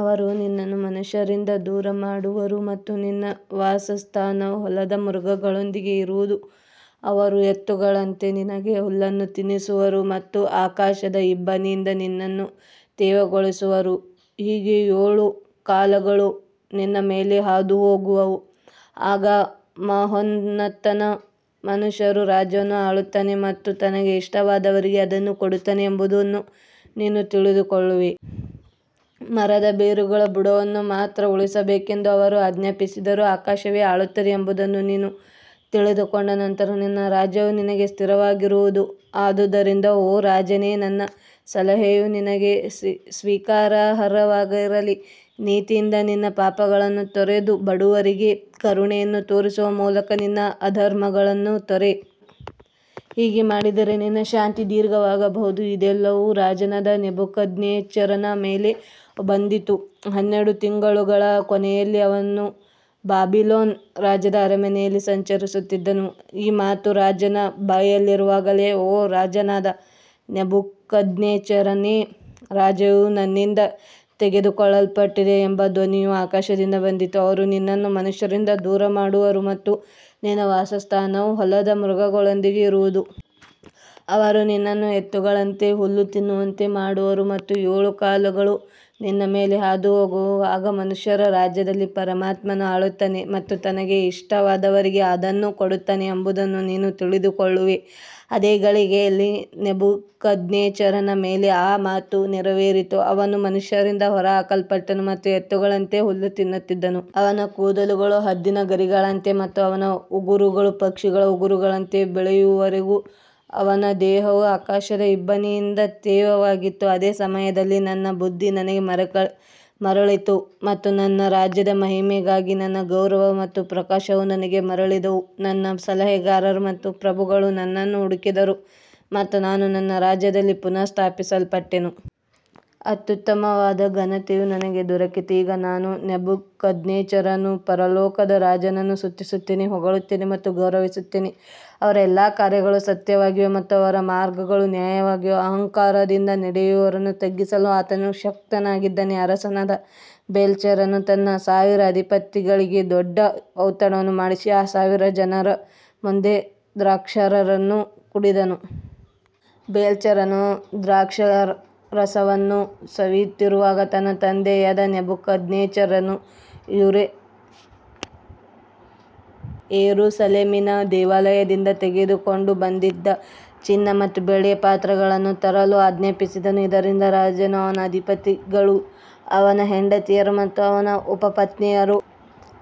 ಅವರು ನಿನ್ನನ್ನು ಮನುಷ್ಯರಿಂದ ದೂರಮಾಡುವರು ಮತ್ತು ನಿನ್ನ ವಾಸಸ್ಥಾನವು ಹೊಲದ ಮೃಗಗಳೊಂದಿಗೆ ಇರುವದು. ಅವರು ಎತ್ತುಗಳಂತೆ ನಿನಗೆ ಹುಲ್ಲನ್ನು ತಿನ್ನಿಸುವರು ಮತ್ತು ಆಕಾಶದ ಇಬ್ಬನಿಯಿಂದ ನಿನ್ನನ್ನು ತೇವಗೊಳಿಸುವರು. ಹೀಗೆ ಏಳು ಕಾಲಗಳು ನಿನ್ನ ಮೇಲೆ ಹಾದುಹೋಗುವವು, ಆಗ ಮಹೋನ್ನತನು ಮನುಷ್ಯರ ರಾಜ್ಯವನ್ನು ಆಳುತ್ತಾನೆ ಮತ್ತು ತನಗೆ ಇಷ್ಟವಾದವರಿಗೆ ಅದನ್ನು ಕೊಡುತ್ತಾನೆ ಎಂಬುದನ್ನು ನೀನು ತಿಳಿದುಕೊಳ್ಳುವೆ. ಮರದ ಬೇರುಗಳ ಬುಡವನ್ನು ಮಾತ್ರ ಉಳಿಸಬೇಕೆಂದು ಅವರು ಆಜ್ಞಾಪಿಸಿದರೂ, ಆಕಾಶವೇ ಆಳುತ್ತದೆ ಎಂಬುದನ್ನು ನೀನು ತಿಳಿದುಕೊಂಡ ನಂತರ ನಿನ್ನ ರಾಜ್ಯವು ನಿನಗೆ ಸ್ಥಿರವಾಗಿರುವದು. ಆದುದರಿಂದ ಓ ರಾಜನೇ, ನನ್ನ ಸಲಹೆಯು ನಿನಗೆ ಸ್ವೀಕಾರಾರ್ಹವಾಗಿರಲಿ. ನೀತಿಯಿಂದ ನಿನ್ನ ಪಾಪಗಳನ್ನು ತೊರೆದು, ಬಡವರಿಗೆ ಕರುಣೆಯನ್ನು ತೋರಿಸುವ ಮೂಲಕ ನಿನ್ನ ಅಧರ್ಮಗಳನ್ನು ತೊರೆ. ಹೀಗೆ ಮಾಡಿದರೆ ನಿನ್ನ ಶಾಂತಿ ದೀರ್ಘವಾಗಬಹುದು. ಇದೆಲ್ಲವೂ ರಾಜನಾದ ನೆಬೂಕದ್ನೆಚ್ಚರನ ಮೇಲೆ ಬಂದಿತು. ಹನ್ನೆರಡು ತಿಂಗಳುಗಳ ಕೊನೆಯಲ್ಲಿ ಅವನು ಬಾಬಿಲೋನ್ ರಾಜ್ಯದ ಅರಮನೆಯಲ್ಲಿ ಸಂಚರಿಸುತ್ತಿದ್ದನು. ಈ ಮಾತು ರಾಜನ ಬಾಯಲ್ಲಿರುವಾಗಲೇ, ಓ ರಾಜನಾದ ನೆಬೂಕದ್ನೆಚ್ಚರನೇ, ರಾಜ್ಯವು ನಿನ್ನಿಂದ ತೆಗೆದುಕೊಳ್ಳಲ್ಪಟ್ಟಿದೆ ಎಂಬ ಧ್ವನಿಯು ಆಕಾಶದಿಂದ ಬಂದಿತು. ಅವರು ನಿನ್ನನ್ನು ಮನುಷ್ಯರಿಂದ ದೂರಮಾಡುವರು ಮತ್ತು ನಿನ್ನ ವಾಸಸ್ಥಾನವು ಹೊಲದ ಮೃಗಗಳೊಂದಿಗೆ ಇರುವದು. ಅವರು ನಿನ್ನನ್ನು ಎತ್ತುಗಳಂತೆ ಹುಲ್ಲು ತಿನ್ನುವಂತೆ ಮಾಡುವರು ಮತ್ತು ಏಳು ಕಾಲಗಳು ನಿನ್ನ ಮೇಲೆ ಹಾದುಹೋಗುವವು. ಆಗ ಮನುಷ್ಯರ ರಾಜ್ಯದಲ್ಲಿ ಪರಮಾತ್ಮನು ಆಳುತ್ತಾನೆ ಮತ್ತು ತನಗೆ ಇಷ್ಟವಾದವರಿಗೆ ಅದನ್ನು ಕೊಡುತ್ತಾನೆ ಎಂಬುದನ್ನು ನೀನು ತಿಳಿದುಕೊಳ್ಳುವೆ. ಅದೇ ಗಳಿಗೆಯಲ್ಲಿ ನೆಬೂಕದ್ನೆಚ್ಚರನ ಮೇಲೆ ಆ ಮಾತು ನೆರವೇರಿತು. ಅವನು ಮನುಷ್ಯರಿಂದ ಹೊರಹಾಕಲ್ಪಟ್ಟನು ಮತ್ತು ಎತ್ತುಗಳಂತೆ ಹುಲ್ಲು ತಿನ್ನುತ್ತಿದ್ದನು. ಅವನ ಕೂದಲುಗಳು ಹದ್ದಿನ ಗರಿಗಳಂತೆ ಮತ್ತು ಅವನ ಉಗುರುಗಳು ಪಕ್ಷಿಗಳ ಉಗುರುಗಳಂತೆ ಬೆಳೆಯುವವರೆಗೆ ಅವನ ದೇಹವು ಆಕಾಶದ ಇಬ್ಬನಿಯಿಂದ ತೇವವಾಗಿತ್ತು. ಅದೇ ಸಮಯದಲ್ಲಿ ನನ್ನ ಬುದ್ಧಿ ನನಗೆ ಮರಳಿತು ಮತ್ತು ನನ್ನ ರಾಜ್ಯದ ಮಹಿಮೆಗಾಗಿ ನನ್ನ ಗೌರವ ಮತ್ತು ಪ್ರಕಾಶವೂ ನನಗೆ ಮರಳಿದವು. ನನ್ನ ಸಲಹೆಗಾರರು ಮತ್ತು ಪ್ರಭುಗಳು ನನ್ನನ್ನು ಹುಡುಕಿದರು ಮತ್ತು ನಾನು ನನ್ನ ರಾಜ್ಯದಲ್ಲಿ ಪುನಃ ಸ್ಥಾಪಿಸಲ್ಪಟ್ಟೆನು. ಅತ್ಯುತ್ತಮವಾದ ಘನತೆಯೂ ನನಗೆ ದೊರಕಿತು. ಈಗ ನಾನು ನೆಬೂಕದ್ನೆಚ್ಚರನು ಪರಲೋಕದ ರಾಜನನ್ನು ಸ್ತುತಿಸುತ್ತೇನೆ, ಹೊಗಳುತ್ತೇನೆ ಮತ್ತು ಗೌರವಿಸುತ್ತೇನೆ. ಅವರ ಎಲ್ಲಾ ಕಾರ್ಯಗಳು ಸತ್ಯವಾಗಿವೆ ಮತ್ತು ಅವರ ಮಾರ್ಗಗಳು ನ್ಯಾಯವಾಗಿವೆ. ಅಹಂಕಾರದಿಂದ ನಡೆಯುವವರನ್ನು ತಗ್ಗಿಸಲು ಆತನು ಶಕ್ತನಾಗಿದ್ದಾನೆ. ಅರಸನಾದ ಬೇಲ್ಶಚ್ಚರನು ತನ್ನ ಸಾವಿರ ಅಧಿಪತಿಗಳಿಗೆ ದೊಡ್ಡ ಔತಣವನ್ನು ಮಾಡಿಸಿ, ಆ ಸಾವಿರ ಜನರ ಮುಂದೆ ದ್ರಾಕ್ಷಾರಸವನ್ನು ಕುಡಿದನು. ಬೇಲ್ಶಚ್ಚರನು ದ್ರಾಕ್ಷಾರಸವನ್ನು ಸವಿಯುತ್ತಿರುವಾಗ, ತನ್ನ ತಂದೆಯಾದ ನೆಬೂಕದ್ನೆಚ್ಚರನು ಯೆರೂಸಲೇಮಿನ ದೇವಾಲಯದಿಂದ ತೆಗೆದುಕೊಂಡು ಬಂದಿದ್ದ ಚಿನ್ನ ಮತ್ತು ಬೆಳ್ಳಿಯ ಪಾತ್ರೆಗಳನ್ನು ತರಲು ಆಜ್ಞಾಪಿಸಿದನು, ಇದರಿಂದ ರಾಜನು, ಅವನ ಅಧಿಪತಿಗಳು, ಅವನ ಹೆಂಡತಿಯರು ಮತ್ತು ಅವನ ಉಪಪತ್ನಿಯರು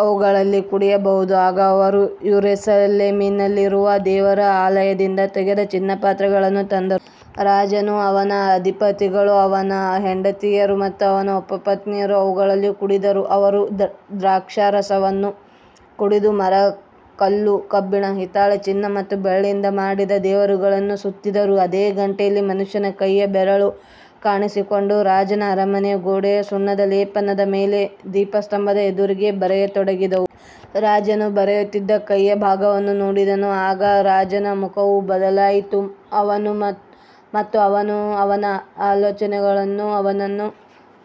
ಅವುಗಳಲ್ಲಿ ಕುಡಿಯಬಹುದು. ಆಗ ಅವರು ಯೆರೂಸಲೇಮಿನಲ್ಲಿರುವ ದೇವರ ಆಲಯದಿಂದ ತೆಗೆದ ಚಿನ್ನದ ಪಾತ್ರೆಗಳನ್ನು ತಂದರು. ರಾಜನು, ಅವನ ಅಧಿಪತಿಗಳು, ಅವನ ಹೆಂಡತಿಯರು ಮತ್ತು ಅವನ ಉಪಪತ್ನಿಯರು ಅವುಗಳಲ್ಲಿ ಕುಡಿದರು. ಅವರು ದ್ರಾಕ್ಷಾರಸವನ್ನು ಕುಡಿದು, ಮರ, ಕಲ್ಲು, ಕಬ್ಬಿಣ, ಹಿತ್ತಾಳೆ, ಚಿನ್ನ ಮತ್ತು ಬೆಳ್ಳಿಯಿಂದ ಮಾಡಿದ ದೇವರುಗಳನ್ನು ಸ್ತುತಿಸಿದರು. ಅದೇ ಗಂಟೆಯಲ್ಲಿ ಮನುಷ್ಯನ ಕೈಯ ಬೆರಳುಗಳು ಕಾಣಿಸಿಕೊಂಡು, ರಾಜನ ಅರಮನೆಯ ಗೋಡೆಯ ಸುಣ್ಣದ ಲೇಪನದ ಮೇಲೆ ದೀಪಸ್ತಂಭದ ಎದುರಿಗೆ ಬರೆಯತೊಡಗಿದವು. ರಾಜನು ಬರೆಯುತ್ತಿದ್ದ ಕೈಯ ಭಾಗವನ್ನು ನೋಡಿದನು. ಆಗ ರಾಜನ ಮುಖವು ಬದಲಾಯಿತು ಮತ್ತು ಅವನ ಆಲೋಚನೆಗಳು ಅವನನ್ನು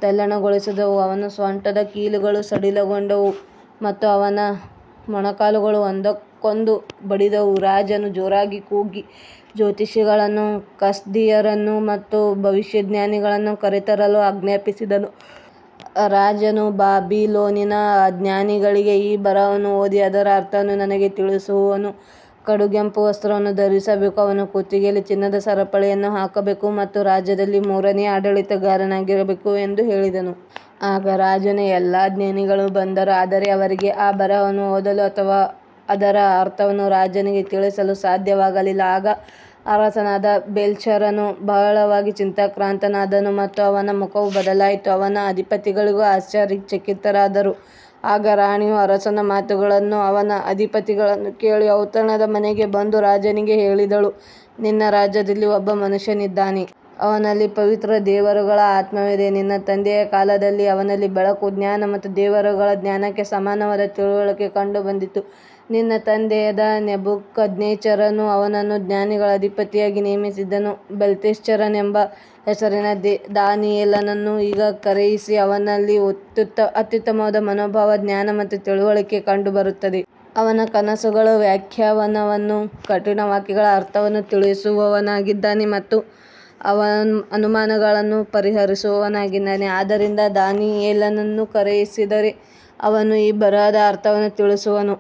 ತಲ್ಲಣಗೊಳಿಸಿದವು. ಅವನ ಸೊಂಟದ ಕೀಲುಗಳು ಸಡಿಲಗೊಂಡವು ಮತ್ತು ಅವನ ಮೊಣಕಾಲುಗಳು ಒಂದಕ್ಕೊಂದು ಬಡಿದವು. ರಾಜನು ಜೋರಾಗಿ ಕೂಗಿ ಜ್ಯೋತಿಷಿಗಳನ್ನು, ಕಸ್ದೀಯರನ್ನು ಮತ್ತು ಭವಿಷ್ಯಜ್ಞಾನಿಗಳನ್ನು ಕರೆತರಲು ಆಜ್ಞಾಪಿಸಿದನು. ರಾಜನು ಬಾಬಿಲೋನಿನ ಜ್ಞಾನಿಗಳಿಗೆ, ಈ ಬರಹವನ್ನು ಓದಿ ಅದರ ಅರ್ಥವನ್ನು ನನಗೆ ತಿಳಿಸುವವನು ಕಡುಗೆಂಪು ವಸ್ತ್ರವನ್ನು ಧರಿಸಬೇಕು, ಅವನ ಕುತ್ತಿಗೆಯಲ್ಲಿ ಚಿನ್ನದ ಸರಪಳಿಯನ್ನು ಹಾಕಬೇಕು ಮತ್ತು ರಾಜ್ಯದಲ್ಲಿ ಮೂರನೆಯ ಆಡಳಿತಗಾರನಾಗಬೇಕು ಎಂದು ಹೇಳಿದನು. ಆಗ ರಾಜನ ಎಲ್ಲಾ ಜ್ಞಾನಿಗಳು ಬಂದರು, ಆದರೆ ಅವರಿಗೆ ಆ ಬರಹವನ್ನು ಓದಲು ಅಥವಾ ಅದರ ಅರ್ಥವನ್ನು ರಾಜನಿಗೆ ತಿಳಿಸಲು ಸಾಧ್ಯವಾಗಲಿಲ್ಲ. ಆಗ ಅರಸನಾದ ಬೇಲ್ಶಚ್ಚರನು ಬಹಳವಾಗಿ ಚಿಂತಾಕ್ರಾಂತನಾದನು ಮತ್ತು ಅವನ ಮುಖವು ಬದಲಾಯಿತು. ಅವನ ಅಧಿಪತಿಗಳೂ ಆಶ್ಚರ್ಯಚಕಿತರಾದರು. ಆಗ ರಾಣಿಯು ಅರಸನ ಮಾತುಗಳನ್ನೂ ಅವನ ಅಧಿಪತಿಗಳನ್ನೂ ಕೇಳಿ ಔತಣದ ಮನೆಗೆ ಬಂದು, ರಾಜನಿಗೆ ಹೇಳಿದಳು, ನಿನ್ನ ರಾಜ್ಯದಲ್ಲಿ ಒಬ್ಬ ಮನುಷ್ಯನಿದ್ದಾನೆ. ಅವನಲ್ಲಿ ಪವಿತ್ರ ದೇವರುಗಳ ಆತ್ಮವಿದೆ. ನಿನ್ನ ತಂದೆಯ ಕಾಲದಲ್ಲಿ ಅವನಲ್ಲಿ ಬೆಳಕು, ಜ್ಞಾನ ಮತ್ತು ದೇವರುಗಳ ಜ್ಞಾನಕ್ಕೆ ಸಮಾನವಾದ ತಿಳುವಳಿಕೆ ಕಂಡುಬಂದಿತ್ತು. ನಿನ್ನ ತಂದೆಯಾದ ನೆಬೂಕದ್ನೆಚ್ಚರನು ಅವನನ್ನು ಜ್ಞಾನಿಗಳ ಅಧಿಪತಿಯಾಗಿ ನೇಮಿಸಿದ್ದನು. ಬೆಲ್ತೆಶಚ್ಚರನೆಂಬ ಹೆಸರಿನ ದಾನಿಯೇಲನನ್ನು ಈಗ ಕರೆಯಿಸು. ಅವನಲ್ಲಿ ಅತ್ಯುತ್ತಮವಾದ ಮನೋಭಾವ, ಜ್ಞಾನ ಮತ್ತು ತಿಳುವಳಿಕೆ ಕಂಡುಬರುತ್ತವೆ. ಅವನು ಕನಸುಗಳ ವ್ಯಾಖ್ಯಾನವನ್ನೂ ಕಠಿಣ ವಾಕ್ಯಗಳ ಅರ್ಥವನ್ನೂ ತಿಳಿಸುವವನಾಗಿದ್ದಾನೆ ಮತ್ತು ಅನುಮಾನಗಳನ್ನು ಪರಿಹರಿಸುವವನಾಗಿದ್ದಾನೆ. ಆದ್ದರಿಂದ ದಾನಿಯೇಲನನ್ನು ಕರೆಯಿಸಿದರೆ ಅವನು ಈ ಬರಹದ ಅರ್ಥವನ್ನು ತಿಳಿಸುವನು.